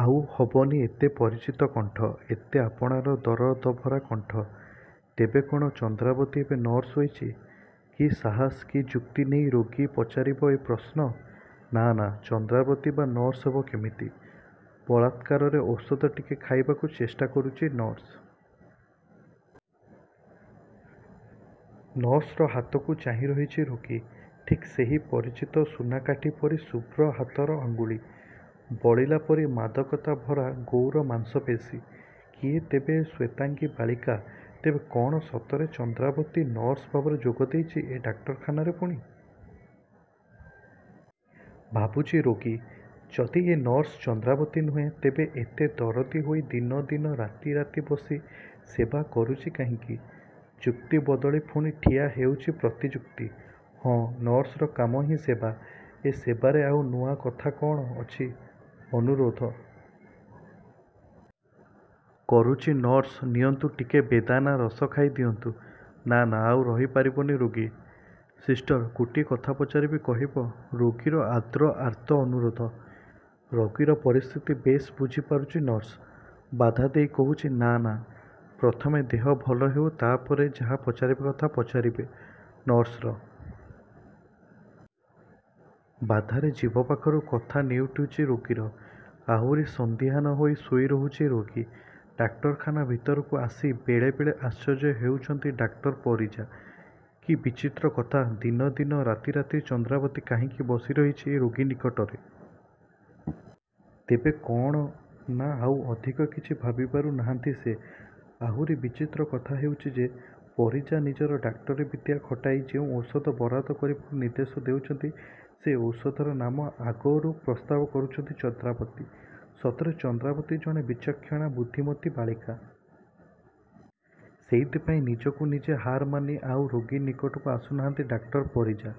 ଆଉ ହେବନି ଏତେ ପରିଚିତ କଣ୍ଠ, ଏତେ ଆପଣାର ଦରଦଭରା କଣ୍ଠ। ତେବେ କ'ଣ ଚନ୍ଦ୍ରାବତୀ ଏବେ ନର୍ସ ହୋଇଛି? କି ସାହସ, କି ଯୁକ୍ତି ନେଇ ରୋଗୀ ପଚାରିବ ଏ ପ୍ରଶ୍ନ?“ନାଁ ନାଁ, ଚନ୍ଦ୍ରାବତୀ ବା ନର୍ସ ହେବ କେମିତି?”ବଳାତ୍କାରରେ ଔଷଧ ଟିକେ ଖୋଇବାକୁ ଚେଷ୍ଟା କରୁଛି ନର୍ସ। ନର୍ସର ହାତକୁ ଚାହିଁ ରହିଛି ରୋଗୀ। ଠିକ୍ ସେହି ପରିଚିତ ସୁନାକାଠି ପରି ଶୁଭ୍ର ହାତର ଅଙ୍ଗୁଳି। ବଳିଲା ପରି ମାଦକତା ଭରା ଗୌର ମାଂସପେଶୀ। କିଏ ତେବେ ଏ ଶ୍ୱେତାଙ୍ଗୀ ବାଳିକା? ତେବେ କ'ଣ ସତରେ ଚନ୍ଦ୍ରାବତୀ ନର୍ସ ଭାବରେ ଯୋଗଦେଇଛି ଏ ଡାକ୍ତରଖାନାରେ? ପୁଣି ଭାବୁଛି ରୋଗୀ। ଯଦି ଏ ନର୍ସ ଚନ୍ଦ୍ରାବତୀ ନୁହେଁ, ତେବେ ଏତେ ଦରଦୀ ହୋଇ ଦିନ ଦିନ, ରାତି ରାତି ବସି ସେବା କରୁଛି କାହିଁକି? ଯୁକ୍ତି ବଦଳି ପୁଣି ଠିଆ ହେଉଛି ପ୍ରତିଯୁକ୍ତି। ହଁ, ନର୍ସର କାମ ହିଁ ସେବା। ଏ ସେବାରେ ଆଉ ନୂଆ କଥା କ'ଣ ଅଛି? ଅନୁରୋଧ କରୁଛି ନର୍ସ, “ନିଅନ୍ତୁ, ଟିକେ ବେଦାନା ରସ ଖାଇ ଦିଅନ୍ତୁ।”“ନାଁ ନାଁ, ଆଉ ରହିପାରିବନି ରୋଗୀ।”“ସିଷ୍ଟର? ଗୋଟିଏ କଥା ପଚାରିବି, କହିବ?”ରୋଗୀର ଆର୍ଦ୍ର, ଆର୍ତ୍ତ ଅନୁରୋଧ। ରୋଗୀର ପରିସ୍ଥିତି ବେଶ୍ ବୁଝିପାରୁଛି ନର୍ସ। ବାଧା ଦେଇ କହୁଛି, “ନାଁ ନାଁ, ପ୍ରଥମେ ଦେହ ଭଲ ହେଉ, ତା'ପରେ ଯାହା ପଚାରିବାର କଥା ପଚାରିବେ।”ନର୍ସର ବାଧାରେ ଜିଭ ପାଖରୁ କଥା ନେଉଟୁଛି ରୋଗୀର। ଆହୁରି ସନ୍ଦିହାନ ହୋଇ ଶୋଇ ରହୁଛି ରୋଗୀ। ଡାକ୍ତରଖାନା ଭିତରକୁ ଆସି ବେଳେ ବେଳେ ଆଶ୍ଚର୍ଯ୍ୟ ହେଉଛନ୍ତି ଡାକ୍ତର ପରିଜା। କି ବିଚିତ୍ର କଥା! ଦିନ ଦିନ, ରାତି ରାତି ଚନ୍ଦ୍ରାବତୀ କାହିଁକି ବସି ରହିଛି ଏ ରୋଗୀ ନିକଟରେ? ତେବେ କ'ଣ? ନାଁ, ଆଉ ଅଧିକ କିଛି ଭାବିପାରୁ ନାହାଁନ୍ତି ସେ। ଆହୁରି ବିଚିତ୍ର କଥା ହେଉଛି ଯେ, ପରିଜା ନିଜର ଡାକ୍ତରୀ ବିଦ୍ୟା ଖଟାଇ ଯେଉଁ ଔଷଧ ବରାଦ କରିବାକୁ ନିର୍ଦ୍ଦେଶ ଦେଉଛନ୍ତି, ସେ ଔଷଧର ନାମ ଆଗରୁ ପ୍ରସ୍ତାବ କରୁଛି ଚନ୍ଦ୍ରାବତୀ। ସତରେ ଚନ୍ଦ୍ରାବତୀ ଜଣେ ବିଚକ୍ଷଣା, ବୁଦ୍ଧିମତୀ ବାଳିକା। ସେଇଥିପାଇଁ ନିଜକୁ ନିଜେ ହାରମାନି ଆଉ ରୋଗୀ ନିକଟକୁ ଆସୁ ନାହାଁନ୍ତି ଡାକ୍ତର ପରିଜା।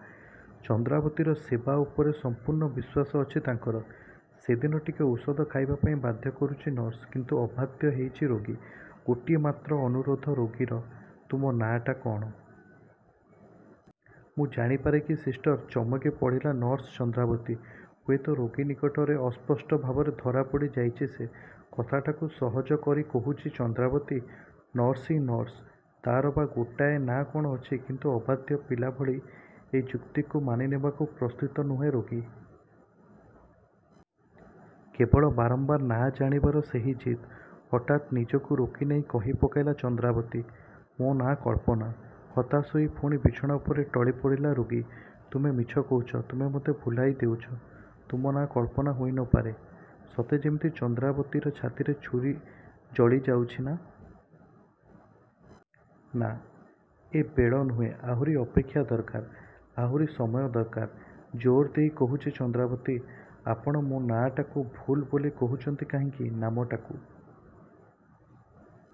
ଚନ୍ଦ୍ରାବତୀର ସେବା ଉପରେ ସମ୍ପୂର୍ଣ୍ଣ ବିଶ୍ୱାସ ଅଛି ତାଙ୍କର। ସେଦିନ ଟିକେ ଔଷଧ ଖାଇବାପାଇଁ ବାଧ୍ୟ କରୁଛି ନର୍ସ। କିନ୍ତୁ ଅବାଧ୍ୟ ହେଉଛି ରୋଗୀ। ଗୋଟିଏ ମାତ୍ର ଅନୁରୋଧ ରୋଗୀର।“ତୁମ ନାଁଟା କ'ଣ? ମୁଁ ଜାଣିପାରେ କି, ସିଷ୍ଟର?”ଚମକି ପଡ଼ିଲା ନର୍ସ ଚନ୍ଦ୍ରାବତୀ। ହୁଏତ ରୋଗୀ ନିକଟରେ ଅସ୍ପଷ୍ଟ ଭାବରେ ଧରାପଡ଼ି ଯାଇଛି ସେ। କଥାଟାକୁ ସହଜ କରି କହୁଛି ଚନ୍ଦ୍ରାବତୀ।“ନର୍ସ ହିଁ ନର୍ସ। ତା'ର ବା ଗୋଟାଏ ନାଁ କ'ଣ ଅଛି?”କିନ୍ତୁ ଅବାଧ୍ୟ ପିଲା ଭଳି ଏ ଯୁକ୍ତିକୁ ମାନିନେବାକୁ ପ୍ରସ୍ତୁତ ନୁହେଁ ରୋଗୀ। କେବଳ ବାରମ୍ବାର ନାଁ ଜାଣିବାର ସେହି ଜିଦ୍। ହଠାତ୍ ନିଜକୁ ରୋକିନେଇ କହି ପକାଇଲା ଚନ୍ଦ୍ରାବତୀ, “ମୋ ନାଁ କଳ୍ପନା।”ହତାଶ ହୋଇ ପୁଣି ବିଛଣା ଉପରେ ଟଳିପଡ଼ିଲା ରୋଗୀ।“ତୁମେ ମିଛ କହୁଛ। ତୁମେ ମୋତେ ଭୁଲାଇ ଦେଉଛ। ତୁମ ନାଁ କଳ୍ପନା ହୋଇ ନ ପାରେ।”ସତେ ଯେମିତି ଚନ୍ଦ୍ରାବତୀର ଛାତିରେ ଛୁରୀ ଚଳି ଯାଉଛି। ନାଁ ନାଁ, ଏ ବେଳ ନୁହେଁ। ଆହୁରି ଅପେକ୍ଷା ଦରକାର, ଆହୁରି ସମୟ ଦରକାର। ଜୋର ଦେଇ କହୁଛି ଚନ୍ଦ୍ରାବତୀ, “ଆପଣ ମୋ ନାଁଟାକୁ ଭୁଲ୍ ବୋଲି କହୁଛନ୍ତି କାହିଁକି?”ନାମଟାକୁ.